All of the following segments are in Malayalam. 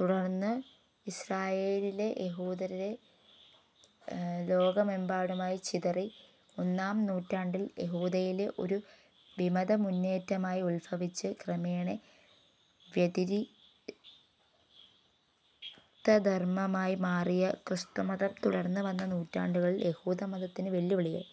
തുടർന്ന് ഇസ്രായേലിലെ യഹൂദർ ലോകമെമ്പാടുമായി ചിതറി. ഒന്നാം നൂറ്റാണ്ടിൽ യഹൂദതയിലെ ഒരു വിമതമുന്നേറ്റമായി ഉത്ഭവിച്ച് ക്രമേണ വ്യതിരിക്തധർമ്മമായി മാറിയ ക്രിസ്തുമതം, തുടർന്നു വന്ന നൂറ്റാണ്ടുകളിൽ യഹൂദമതത്തിനു വെല്ലുവിളിയായി.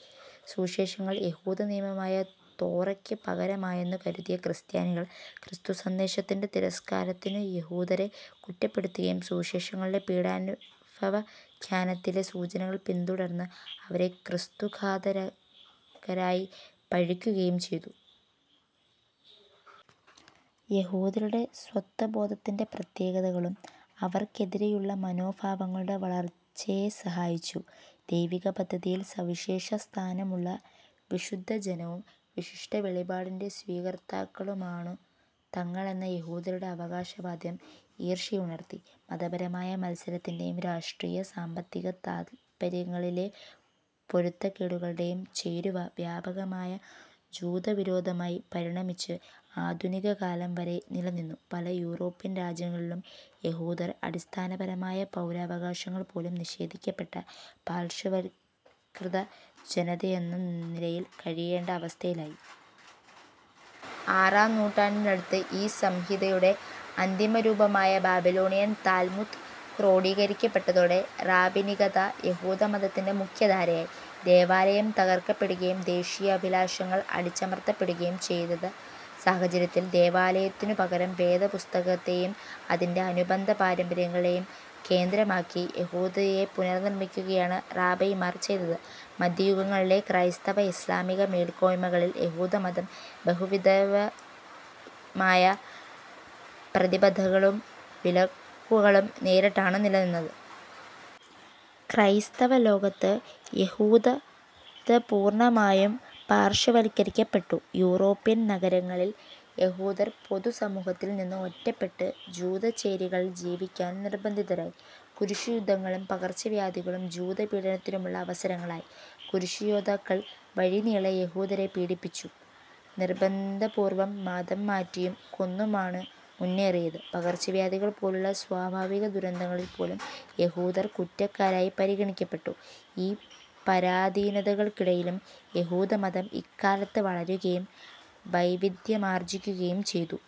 സുവിശേഷങ്ങൾ യഹൂദനിയമമായ തോറയ്ക്കു പകരമായെന്നു കരുതിയ ക്രിസ്ത്യാനികൾ, ക്രിസ്തുസന്ദേശത്തിന്റെ തിരസ്കാരത്തിനു യഹൂദരെ കുറ്റപ്പെടുത്തുകയും സുവിശേഷങ്ങളിലെ പീഡാനുഭവാഖ്യാനത്തിലെ സൂചനകൾ പിന്തുടർന്ന്, അവരെ ക്രിസ്തുഘാതകരായി പഴിക്കുകയും ചെയ്തു. യഹൂദരുടെ സ്വത്വബോധത്തിന്റെ പ്രത്യേകതകളും അവർക്കെതിരായുള്ള മനോഭാവങ്ങളുടെ വളർച്ചയെ സഹായിച്ചു. ദൈവികപദ്ധതിയിൽ സവിശേഷസ്ഥാനമുള്ള വിശുദ്ധജനവും, വിശിഷ്ടവെളിപാടിന്റെ സ്വീകർത്താക്കളുമാണു തങ്ങളെന്ന യഹൂദരുടെ അവകാശവാദം ഈർഷ്യയുണർത്തി. മതപരമായ മത്സരത്തിന്റെയും രാഷ്ട്രീയ-സാമ്പത്തിക താത്പര്യങ്ങളിലെ പൊരുത്തക്കേടുകളുടേയും ചേരുവ, വ്യാപകമായ ജൂതവിരോധമായി പരിണമിച്ച് ആധുനികകാലം വരെ നിലനിന്നു. പല യൂറോപ്യൻ രാജ്യങ്ങളിലും യഹൂദർ, അടിസ്ഥാനപരമായ പൗരാവകാശങ്ങൾ പോലും നിഷേധിക്കപ്പെട്ട പാർശ്വവൽക്കൃത ജനതയെന്ന നിലയിൽ കഴിയേണ്ട അവസ്ഥയിലായി. ആറാം നൂറ്റാണ്ടിനടുത്ത് ഈ സംഹിതയുടെ അന്തിമരൂപമായ "ബാബിലോണിയൻ താൽമുദ്" ക്രോഡീകരിക്കപ്പെട്ടതോടെ റാബിനികത, യഹൂദമതത്തിന്റെ മുഖ്യധാരയായി. ദേവാലയം തകർക്കപ്പെടുകയും ദേശീയാഭിലാഷങ്ങൾ അടിച്ചമർത്തപ്പെടുകയും ചെയ്ത സാഹചര്യത്തിൽ ദേവാലയത്തിനു പകരം വേദപുസ്തകത്തേയും അതിന്റെ അനുബന്ധപാരമ്പര്യങ്ങളേയും കേന്ദ്രമാക്കി യഹുദതയെ പുനർനിമ്മിക്കുകയാണ് റാബൈമാർ ചെയ്തത്. മദ്ധ്യയുഗങ്ങളിലെ ക്രൈസ്തവ, ഇസ്ലാമിക മേൽക്കോയ്മകളിൽ യഹൂദമതം ബഹുവിധമായ പ്രതിബന്ധങ്ങളും വിലക്കുകളും നേരിട്ടാണ് നിലനിന്നത്. ക്രൈസ്തവലോകത്ത് യഹുദത പൂർണ്ണമായും പാർശ്വവൽക്കരിക്കപ്പെട്ടു. യൂറോപ്യൻ നഗരങ്ങളിൽ യഹൂദർ പൊതുസമൂഹത്തിൽ നിന്ന് ഒറ്റപ്പെട്ട്, ജൂതച്ചേരികളിൽ ജീവിക്കാൻ നിർബ്ബന്ധിതരായി. കുരിശുയുദ്ധങ്ങളും പകർച്ചവ്യാധികളും, ജൂതപീഡനത്തിനുള്ള അവസരങ്ങളായി. കുരിശുയോദ്ധാക്കൾ വഴിനീളെ യഹൂദരെ പീഡിപ്പിച്ചും നിർബ്ബന്ധപൂർവം മതംമാറ്റിയും കൊന്നുമാണു മുന്നേറിയത്. പകർച്ചവ്യാധികൾ പോലുള്ള സ്വാഭാവികദുരന്തങ്ങളിൽ പോലും യഹൂദർ കുറ്റക്കാരായി പരിഗണിക്കപ്പെട്ടു. ഈ പരാധീനതകൾക്കിടയിലും യഹൂദമതം ഇക്കാലത്ത് വളരുകയും വൈവിദ്ധ്യമാർജ്ജിക്കുകയും ചെയ്തു.